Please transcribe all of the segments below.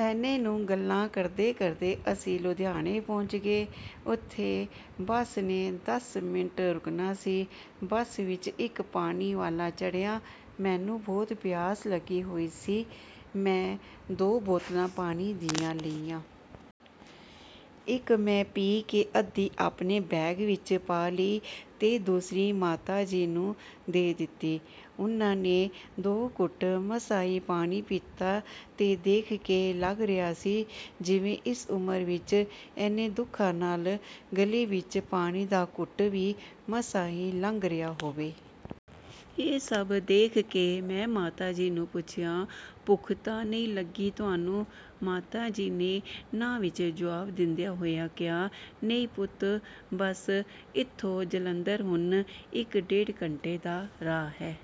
ਐਨੇ ਨੂੰ ਗੱਲਾਂ ਕਰਦੇ-ਕਰਦੇ ਅਸੀਂ ਲੁਧਿਆਣੇ ਪਹੁੰਚ ਗਏ। ਉੱਥੇ ਬੱਸ ਨੇ ਦਸ ਮਿੰਟ ਰੁਕਣਾ ਸੀ। ਬੱਸ ਵਿੱਚ ਇੱਕ ਪਾਣੀ ਵਾਲਾ ਚੜ੍ਹਿਆ। ਮੈਨੂੰ ਬਹੁਤ ਪਿਆਸ ਲੱਗੀ ਹੋਈ ਸੀ। ਮੈਂ ਦੋ ਬੋਤਲਾਂ ਪਾਣੀ ਦੀਆਂ ਲਈਆਂ। ਇੱਕ ਮੈਂ ਪੀ ਕੇ ਅੱਧੀ ਆਪਣੇ ਬੈਗ ਵਿੱਚ ਪਾ ਲਈ ਤੇ ਦੂਸਰੀ ਮਾਤਾ ਜੀ ਨੂੰ ਦੇ ਦਿੱਤੀ। ਉਹਨਾਂ ਨੇ ਦੋ ਘੁੱਟ ਮਸਾਂ ਹੀ ਪਾਣੀ ਪੀਤਾ ਤੇ ਦੇਖ ਕੇ ਲੱਗ ਰਿਹਾ ਸੀ, ਜਿਵੇਂ ਇਸ ਉਮਰ ਵਿੱਚ ਐਨੇ ਦੁੱਖਾਂ ਨਾਲ ਗਲੇ ਵਿੱਚ ਪਾਣੀ ਦਾ ਘੁੱਟ ਵੀ ਮਸਾਂ ਹੀ ਲੰਘ ਰਿਹਾ ਹੋਵੇ। ਇਹ ਸਭ ਦੇਖ ਕੇ ਮੈਂ ਮਾਤਾ ਜੀ ਨੂੰ ਪੁੱਛਿਆ, "ਭੁੱਖ ਤਾਂ ਨਹੀਂ ਲੱਗੀ ਤੁਹਾਨੂੰ?" ਮਾਤਾ ਜੀ ਨੇ ਨਾ ਵਿੱਚ ਜਵਾਬ ਦਿੰਦਿਆਂ ਹੋਇਆ ਕਿਹਾ, "ਨਹੀਂ ਪੁੱਤ, ਬਸ ਇੱਥੋਂ ਜਲੰਧਰ ਹੁਣ ਇੱਕ-ਡੇਢ ਘੰਟੇ ਦਾ ਰਾਹ ਹੈ।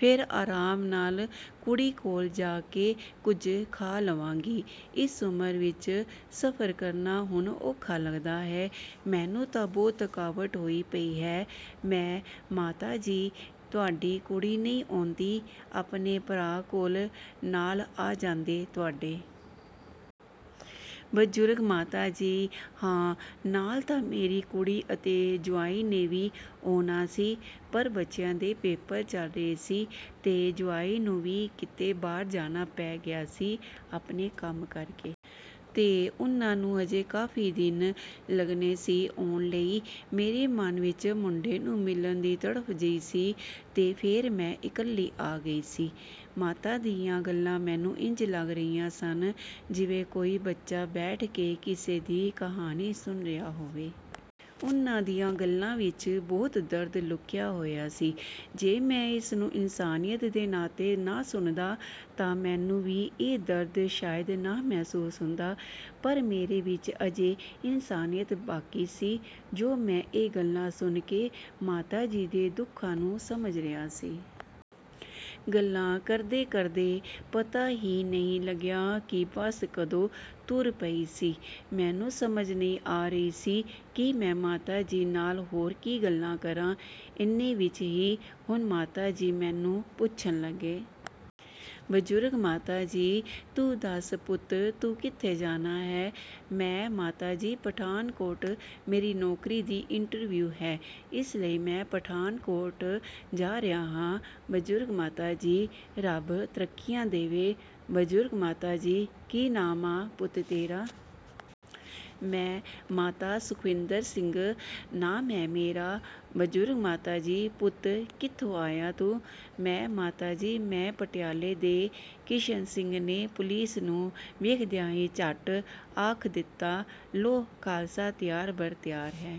ਫੇਰ ਆਰਾਮ ਨਾਲ ਕੁੜੀ ਕੋਲ ਜਾ ਕੇ ਕੁਝ ਖਾ ਲਵਾਂਗੀ। ਇਸ ਉਮਰ ਵਿੱਚ ਸਫ਼ਰ ਕਰਨਾ ਹੁਣ ਔਖਾ ਲੱਗਦਾ ਹੈ। ਮੈਨੂੰ ਤਾਂ ਬਹੁਤ ਥਕਾਵਟ ਹੋਈ ਪਈ ਹੈ।" ਮੈਂ: "ਮਾਤਾ ਜੀ, ਤੁਹਾਡੀ ਕੁੜੀ ਨਹੀਂ ਆਉਂਦੀ ਆਪਣੇ ਭਰਾ ਕੋਲ ਨਾਲ ਆ ਜਾਂਦੇ ਤੁਹਾਡੇ?" ਬਜ਼ੁਰਗ ਮਾਤਾ ਜੀ: "ਹਾਂ, ਨਾਲ ਤਾਂ ਮੇਰੀ ਕੁੜੀ ਅਤੇ ਜਵਾਈ ਨੇ ਵੀ ਆਉਣਾ ਸੀ, ਪਰ ਬੱਚਿਆਂ ਦੇ ਪੇਪਰ ਚੱਲ ਰਹੇ ਸੀ ਤੇ ਜਵਾਈ ਨੂੰ ਵੀ ਕਿਤੇ ਬਾਹਰ ਜਾਣਾ ਪੈ ਗਿਆ ਸੀ ਆਪਣੇ ਕੰਮ ਕਰਕੇ। ਤੇ ਉਹਨਾਂ ਨੂੰ ਅਜੇ ਕਾਫ਼ੀ ਦਿਨ ਲੱਗਣੇ ਸੀ ਆਉਣ ਲਈ। ਮੇਰੇ ਮਨ ਵਿੱਚ ਮੁੰਡੇ ਨੂੰ ਮਿਲਣ ਦੀ ਤੜਫ਼ ਜਿਹੀ ਸੀ ਤੇ ਫੇਰ ਮੈਂ ਇਕੱਲੀ ਆ ਗਈ ਸੀ।" ਮਾਤਾ ਦੀਆਂ ਗੱਲਾਂ ਮੈਨੂੰ ਇੰਝ ਲੱਗ ਰਹੀਆਂ ਸਨ, ਜਿਵੇਂ ਕੋਈ ਬੱਚਾ ਬੈਠ ਕੇ ਕਿਸੇ ਦੀ ਕਹਾਣੀ ਸੁਣ ਰਿਹਾ ਹੋਵੇ। ਉਹਨਾਂ ਦੀਆਂ ਗੱਲਾਂ ਵਿੱਚ ਬਹੁਤ ਦਰਦ ਲੁਕਿਆ ਹੋਇਆ ਸੀ। ਜੇ ਮੈਂ ਇਸਨੂੰ ਇਨਸਾਨੀਅਤ ਦੇ ਨਾਤੇ ਨਾ ਸੁਣਦਾ ਤਾਂ ਮੈਨੂੰ ਵੀ ਇਹ ਦਰਦ ਸ਼ਾਇਦ ਨਾ ਮਹਿਸੂਸ ਹੁੰਦਾ। ਪਰ ਮੇਰੇ ਵਿੱਚ ਅਜੇ ਇਨਸਾਨੀਅਤ ਬਾਕੀ ਸੀ, ਜੋ ਮੈਂ ਇਹ ਗੱਲਾਂ ਸੁਣ ਕੇ ਮਾਤਾ ਜੀ ਦੇ ਦੁੱਖਾਂ ਨੂੰ ਸਮਝ ਰਿਹਾ ਸੀ। ਗੱਲਾਂ ਕਰਦੇ-ਕਰਦੇ ਪਤਾ ਹੀ ਨਹੀਂ ਲੱਗਿਆ ਕਿ ਬੱਸ ਕਦੋਂ ਤੁਰ ਪਈ ਸੀ। ਮੈਨੂੰ ਸਮਝ ਨਹੀਂ ਆ ਰਹੀ ਸੀ ਕਿ ਮੈਂ ਮਾਤਾ ਜੀ ਨਾਲ ਹੋਰ ਕੀ ਗੱਲਾਂ ਕਰਾਂ। ਐਨੇ ਵਿੱਚ ਹੀ ਹੁਣ ਮਾਤਾ ਜੀ ਮੈਨੂੰ ਪੁੱਛਣ ਲੱਗੇ। ਬਜ਼ੁਰਗ ਮਾਤਾ ਜੀ: "ਤੂੰ ਦੱਸ ਪੁੱਤ, ਤੂੰ ਕਿੱਥੇ ਜਾਣਾ ਹੈ?" ਮੈਂ: "ਮਾਤਾ ਜੀ, ਪਠਾਨਕੋਟ ਮੇਰੀ ਨੌਕਰੀ ਦੀ ਇੰਟਰਵਿਊ ਹੈ। ਇਸ ਲਈ ਮੈਂ ਪਠਾਨਕੋਟ ਜਾ ਰਿਹਾ ਹਾਂ।" ਬਜ਼ੁਰਗ ਮਾਤਾ ਜੀ: "ਰੱਬ ਤਰੱਕੀਆਂ ਦੇਵੇ।" ਬਜ਼ੁਰਗ ਮਾਤਾ ਜੀ: "ਕੀ ਨਾਮ ਆ ਪੁੱਤ ਤੇਰਾ?" ਮੈਂ: "ਮਾਤਾ, ਸੁੱਖਵਿੰਦਰ ਸਿੰਘ ਨਾਮ ਹੈ ਮੇਰਾ।" ਬਜ਼ੁਰਗ ਮਾਤਾ ਜੀ: "ਪੁੱਤ, ਕਿੱਥੋਂ ਆਇਆ ਤੂੰ?" ਮੈਂ: "ਮਾਤਾ ਜੀ, ਮੈਂ ਪਟਿਆਲੇ ਦੇ..." ਕਿਸ਼ਨ ਸਿੰਘ ਨੇ ਪੁਲਿਸ ਨੂੰ ਵੇਖਦਿਆਂ ਹੀ ਝੱਟ ਆਖ ਦਿੱਤਾ, "ਲਓ, ਖ਼ਾਲਸਾ ਤਿਆਰ-ਬਰ-ਤਿਆਰ ਹੈ।"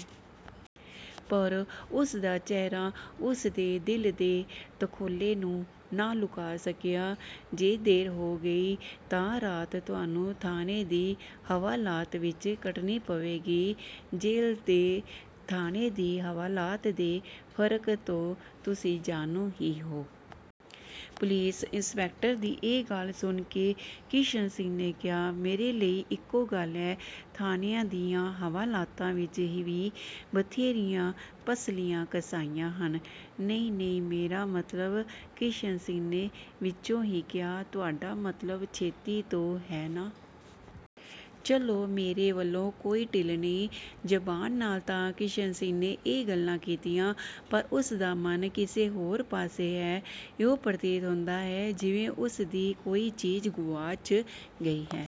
ਪਰ ਉਸ ਦਾ ਚਿਹਰਾ ਉਸ ਦੇ ਦਿਲ ਦੇ ਤੌਖ਼ਲੇ ਨੂੰ ਨਾ ਲੁਕਾ ਸਕਿਆ। "ਜੇ ਦੇਰ ਹੋ ਗਈ ਤਾਂ ਰਾਤ ਤੁਹਾਨੂੰ ਥਾਣੇ ਦੀ ਹਵਾਲਾਤ ਵਿੱਚ ਕੱਟਣੀ ਪਵੇਗੀ। ਜੇਲ੍ਹ ਤੇ ਥਾਣੇ ਦੀ ਹਵਾਲਾਤ ਦੇ ਫ਼ਰਕ ਤੋਂ ਤੁਸੀਂ ਜਾਣੂ ਹੀ ਹੋ।" ਪੁਲਿਸ ਇੰਸਪੈਕਟਰ ਦੀ ਇਹ ਗੱਲ ਸੁਣ ਕੇ ਕਿਸ਼ਨ ਸਿੰਘ ਨੇ ਕਿਹਾ, "ਮੇਰੇ ਲਈ ਇੱਕੋ ਗੱਲ ਹੈ, ਥਾਣਿਆਂ ਦੀਆਂ ਹਵਾਲਾਤਾਂ ਵਿੱਚ ਵੀ ਬਥੇਰੀਆਂ ਪਸਲੀਆਂ ਘਸਾਈਆਂ ਹਨ।" "ਨਹੀਂ, ਨਹੀਂ, ਮੇਰਾ ਮਤਲਬ…" ਕਿਸ਼ਨ ਸਿੰਘ ਨੇ ਵਿਚੋਂ ਹੀ ਕਿਹਾ, "ਤੁਹਾਡਾ ਮਤਲਬ ਛੇਤੀ ਤੋਂ ਹੈ ਨਾ? ਚੱਲੋ, ਮੇਰੇ ਵੱਲੋਂ ਕੋਈ ਢਿੱਲ ਨਹੀਂ।" ਜ਼ਬਾਨ ਨਾਲ ਤਾਂ ਕਿਸ਼ਨ ਸਿੰਘ ਨੇ ਇਹ ਗੱਲਾਂ ਕੀਤੀਆਂ, ਪਰ ਉਸ ਦਾ ਮਨ ਕਿਸੇ ਹੋਰ ਪਾਸੇ ਹੈ। ਇਉਂ ਪ੍ਰਤੀਤ ਹੁੰਦਾ ਹੈ, ਜਿਵੇਂ ਉਸ ਦੀ ਕੋਈ ਚੀਜ਼ ਗੁਆਚ ਗਈ ਹੈ।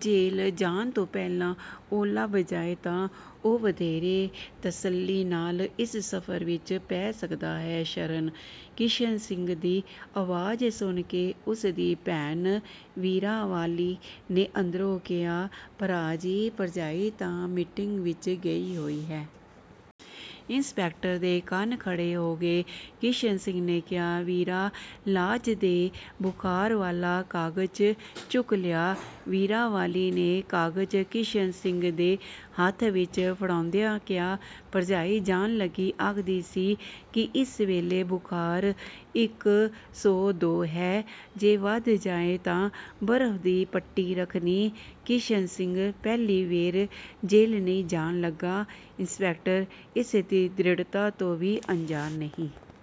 ਜੇਲ੍ਹ ਜਾਣ ਤੋਂ ਪਹਿਲਾਂ ਉਹ ਲੱਭ ਜਾਏ ਤਾਂ ਉਹ ਵਧੇਰੇ ਤਸੱਲੀ ਨਾਲ ਇਸ ਸਫ਼ਰ ਵਿੱਚ ਪੈ ਸਕਦਾ ਹੈ। "ਸਰਨ।" ਕਿਸ਼ਨ ਸਿੰਘ ਦੀ ਆਵਾਜ਼ ਸੁਣ ਕੇ ਉਸ ਦੀ ਭੈਣ ਵੀਰਾਂਵਾਲੀ ਨੇ ਅੰਦਰੋਂ ਕਿਹਾ, "ਭਰਾ ਜੀ, ਭਰਜਾਈ ਤਾਂ ਮੀਟਿੰਗ ਵਿੱਚ ਗਈ ਹੋਈ ਹੈ।" ਇੰਸਪੈਕਟਰ ਦੇ ਕੰਨ ਖੜ੍ਹੇ ਹੋ ਗਏ। ਕਿਸ਼ਨ ਸਿੰਘ ਨੇ ਕਿਹਾ, "ਵੀਰਾਂ, ਲਾਜ ਦੇ ਬੁਖ਼ਾਰ ਵਾਲਾ ਕਾਗਜ਼ ਚੁੱਕ ਲਿਆ।" ਵੀਰਾਂਵਾਲੀ ਨੇ ਕਾਗਜ਼ ਕਿਸ਼ਨ ਸਿੰਘ ਦੇ ਹੱਥ ਵਿੱਚ ਫੜਾਉਂਦਿਆਂ ਕਿਹਾ, "ਭਰਜਾਈ ਜਾਣ ਲੱਗੀ ਆਖਦੀ ਸੀ ਕਿ ਇਸ ਵੇਲੇ ਬੁਖਾਰ ਇੱਕ ਸੋ ਦੋ ਹੈ, ਜੇ ਵਧ ਜਾਏ ਤਾਂ ਬਰਫ਼ ਦੀ ਪੱਟੀ ਰੱਖਣੀ।" ਕਿਸ਼ਨ ਸਿੰਘ ਪਹਿਲੀ ਵੇਰ ਜੇਲ੍ਹ ਨਹੀਂ ਜਾਣ ਲੱਗਾ। ਇੰਸਪੈਕਟਰ ਇਸ ਦੀ ਦ੍ਰਿੜ੍ਹਤਾ ਤੋਂ ਵੀ ਅਣਜਾਣ ਨਹੀਂ।